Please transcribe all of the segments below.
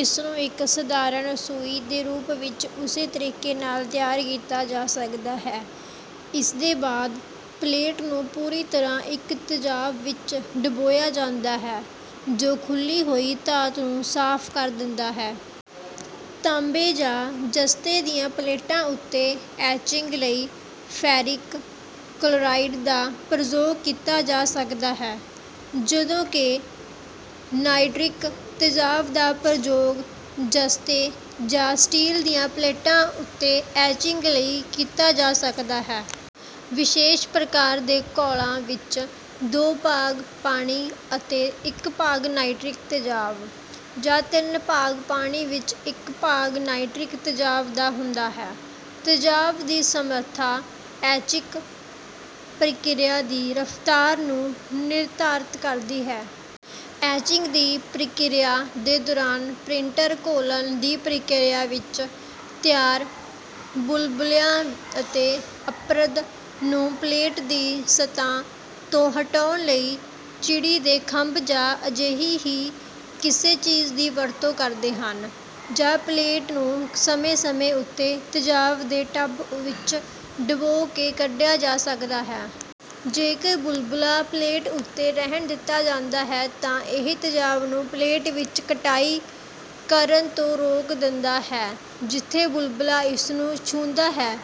ਇਸਨੂੰ ਇੱਕ ਸਧਾਰਨ ਸੂਈ ਦੇ ਰੂਪ ਵਿੱਚ ਉਸੇ ਤਰੀਕੇ ਨਾਲ ਤਿਆਰ ਕੀਤਾ ਜਾ ਸਕਦਾ ਹੈ। ਇਸਦੇ ਬਾਅਦ ਪਲੇਟ ਨੂੰ ਪੂਰੀ ਤਰ੍ਹਾਂ ਇੱਕ ਤੇਜ਼ਾਬ ਵਿੱਚ ਡੁਬੋਇਆ ਜਾਂਦਾ ਹੈ, ਜੋ ਖੁੱਲ੍ਹੀ ਹੋਈ ਧਾਤ ਨੂੰ ਸਾਫ਼ ਕਰ ਦਿੰਦਾ ਹੈ। ਤਾਂਬੇ ਜਾਂ ਜ਼ਸਤੇ ਦੀਆਂ ਪਲੇਟਾਂ ਉੱਤੇ ਐਚਿੰਗ ਲਈ ਫੈਰਿਕ ਕਲੋਰਾਈਡ ਦਾ ਪ੍ਰਯੋਗ ਕੀਤਾ ਜਾ ਸਕਦਾ ਹੈ, ਜਦੋਂ ਕਿ ਨਾਈਟ੍ਰਿਕ ਤੇਜ਼ਾਬ ਦਾ ਪ੍ਰਯੋਗ ਜ਼ਸਤੇ ਜਾਂ ਸਟੀਲ ਦੀਆਂ ਪਲੇਟਾਂ ਉੱਤੇ ਐਚਿੰਗ ਲਈ ਕੀਤਾ ਜਾ ਸਕਦਾ ਹੈ। ਵਿਸ਼ੇਸ਼ ਪ੍ਰਕਾਰ ਦੇ ਘੋਲਾਂ ਵਿੱਚ ਦੋ ਭਾਗ ਪਾਣੀ ਅਤੇ ਇੱਕ ਭਾਗ ਨਾਈਟ੍ਰਿਕ ਤੇਜ਼ਾਬ, ਜਾਂ ਤਿੰਨ ਭਾਗ ਪਾਣੀ ਵਿੱਚ ਇੱਕ ਭਾਗ ਨਾਈਟ੍ਰਿਕ ਤੇਜ਼ਾਬ ਦਾ ਹੁੰਦਾ ਹੈ। ਤੇਜ਼ਾਬ ਦੀ ਸਮਰੱਥਾ ਐਚਿੰਗ ਪ੍ਰਕਿਰਿਆ ਦੀ ਰਫ਼ਤਾਰ ਨੂੰ ਨਿਰਧਾਰਤ ਕਰਦੀ ਹੈ। ਐਚਿੰਗ ਦੀ ਪ੍ਰਕਿਰਿਆ ਦੇ ਦੌਰਾਨ ਪ੍ਰਿੰਟਰ ਘੋਲਣ ਦੀ ਪ੍ਰਕਿਰਿਆ ਵਿੱਚ ਤਿਆਰ ਬੁਲਬੁਲਿਆਂ ਅਤੇ ਅਪਰਦ ਨੂੰ ਪਲੇਟ ਦੀ ਸਤ੍ਹਾ ਤੋਂ ਹਟਾਉਣ ਲਈ ਚਿੜੀ ਦੇ ਖੰਭ ਜਾਂ ਅਜਿਹੀ ਹੀ ਕਿਸੇ ਚੀਜ਼ ਦੀ ਵਰਤੋਂ ਕਰਦੇ ਹਨ, ਜਾਂ ਪਲੇਟ ਨੂੰ ਸਮੇਂ-ਸਮੇਂ ਉੱਤੇ ਤੇਜ਼ਾਬ ਦੇ ਟਬ ਵਿੱਚ ਡੁਬੋ ਕੇ ਕੱਢਿਆ ਜਾ ਸਕਦਾ ਹੈ। ਜੇਕਰ ਬੁਲਬੁਲਾ ਪਲੇਟ ਉੱਤੇ ਰਹਿਣ ਦਿੱਤਾ ਜਾਂਦਾ ਹੈ ਤਾਂ ਇਹ ਤੇਜ਼ਾਬ ਨੂੰ ਪਲੇਟ ਵਿੱਚ ਕਟਾਈ ਕਰਨ ਤੋਂ ਰੋਕ ਦਿੰਦਾ ਹੈ, ਜਿੱਥੇ ਬੁਲਬੁਲਾ ਇਸਨੂੰ ਛੂੰਹਦਾ ਹੈ।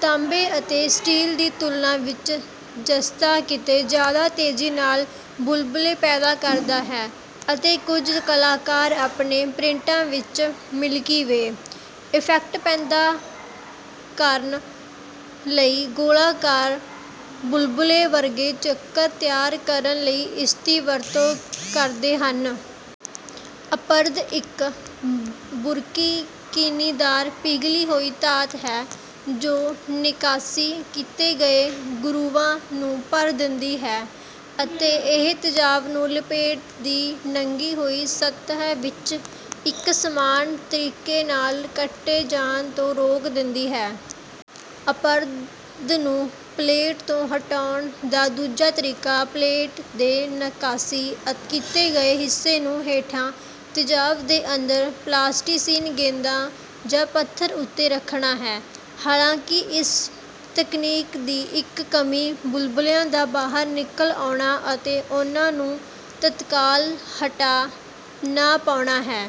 ਤਾਂਬੇ ਅਤੇ ਸਟੀਲ ਦੀ ਤੁਲਨਾ ਵਿੱਚ ਜ਼ਸਤਾ ਕਿਤੇ ਜ਼ਿਆਦਾ ਤੇਜ਼ੀ ਨਾਲ ਬੁਲਬੁਲੇ ਪੈਦਾ ਕਰਦਾ ਹੈ, ਅਤੇ ਕੁਝ ਕਲਾਕਾਰ ਆਪਣੇ ਪ੍ਰਿੰਟਾਂ ਵਿੱਚ "ਮਿਲਕੀ ਵੇ" ਇਫੈਕਟ ਪੈਦਾ ਕਰਨ ਲਈ ਗੋਲਾਕਾਰ ਬੁਲਬੁਲੇ ਵਰਗੇ ਚੱਕਰ ਤਿਆਰ ਕਰਨ ਲਈ ਇਸਦੀ ਵਰਤੋਂ ਕਰਦੇ ਹਨ। ਅਪਰਦ ਇੱਕ ਬੁਰਕੀਨੀਦਾਰ ਪਿਘਲੀ ਹੋਈ ਧਾਤ ਹੈ, ਜੋ ਨੱਕਾਸ਼ੀ ਕੀਤੇ ਗਏ ਗਰੂਵਾਂ ਨੂੰ ਭਰ ਦਿੰਦੀ ਹੈ ਅਤੇ ਇਹ ਤੇਜ਼ਾਬ ਨੂੰ ਪਲੇਟ ਦੀ ਨੰਗੀ ਹੋਈ ਸਤਹ ਵਿੱਚ ਇੱਕ ਸਮਾਨ ਤਰੀਕੇ ਨਾਲ ਕੱਟੇ ਜਾਣ ਤੋਂ ਰੋਕ ਦਿੰਦੀ ਹੈ। ਅਪਰਦ ਨੂੰ ਪਲੇਟ ਤੋਂ ਹਟਾਉਣ ਦਾ ਦੂਜਾ ਤਰੀਕਾ ਪਲੇਟ ਦੇ ਨੱਕਾਸ਼ੀ ਕੀਤੇ ਗਏ ਹਿੱਸੇ ਨੂੰ ਹੇਠਾਂ ਤੇਜ਼ਾਬ ਦੇ ਅੰਦਰ ਪਲਾਸਟੀਸੀਨ ਗੇਂਦਾਂ ਜਾਂ ਪੱਥਰ ਉੱਤੇ ਰੱਖਣਾ ਹੈ, ਹਾਲਾਂਕਿ ਇਸ ਤਕਨੀਕ ਦੀ ਇੱਕ ਕਮੀ ਬੁਲਬੁਲਿਆਂ ਦਾ ਬਾਹਰ ਨਿਕਲ ਆਉਣਾ ਅਤੇ ਉਨ੍ਹਾਂ ਨੂੰ ਤਤਕਾਲ ਹਟਾ ਨਾ ਪਾਉਣਾ ਹੈ।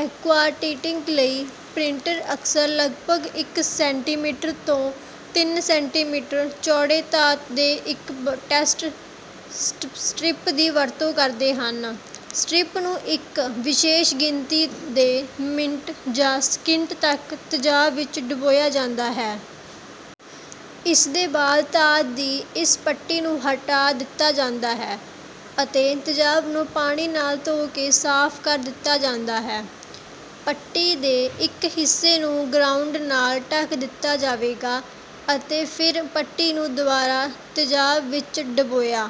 ਐਕੁਆਟਿੰਟਿੰਗ ਲਈ ਪ੍ਰਿੰਟਰ ਅਕਸਰ ਲਗਭਗ ਇੱਕ ਸੈਂਟੀਮੀਟਰ ਤੋਂ ਤਿੰਨ ਸੈਂਟੀਮੀਟਰ ਚੌੜੇ ਧਾਤ ਦੇ ਇੱਕ ਟੈਸਟ ਸਟਰਿਪ ਦੀ ਵਰਤੋਂ ਕਰਦੇ ਹਨ। ਸਟਰਿਪ ਨੂੰ ਇੱਕ ਵਿਸ਼ੇਸ਼ ਗਿਣਤੀ ਦੇ ਮਿੰਟ ਜਾਂ ਸੈਕੰਡ ਤੱਕ ਤੇਜ਼ਾਬ ਵਿੱਚ ਡੁਬੋਇਆ ਜਾਂਦਾ ਹੈ। ਇਸਦੇ ਬਾਅਦ ਧਾਤ ਦੀ ਇਸ ਪੱਟੀ ਨੂੰ ਹਟਾ ਦਿੱਤਾ ਜਾਂਦਾ ਹੈ ਅਤੇ ਤੇਜ਼ਾਬ ਨੂੰ ਪਾਣੀ ਨਾਲ ਧੋ ਕੇ ਸਾਫ਼ ਕਰ ਦਿੱਤਾ ਜਾਂਦਾ ਹੈ। ਪੱਟੀ ਦੇ ਇੱਕ ਹਿੱਸੇ ਨੂੰ ਗਰਾਉਂਡ ਨਾਲ ਢਕ ਦਿੱਤਾ ਜਾਵੇਗਾ ਅਤੇ ਫਿਰ ਪੱਟੀ ਨੂੰ ਦੁਬਾਰਾ ਤੇਜ਼ਾਬ ਵਿੱਚ ਡੁਬੋਇਆ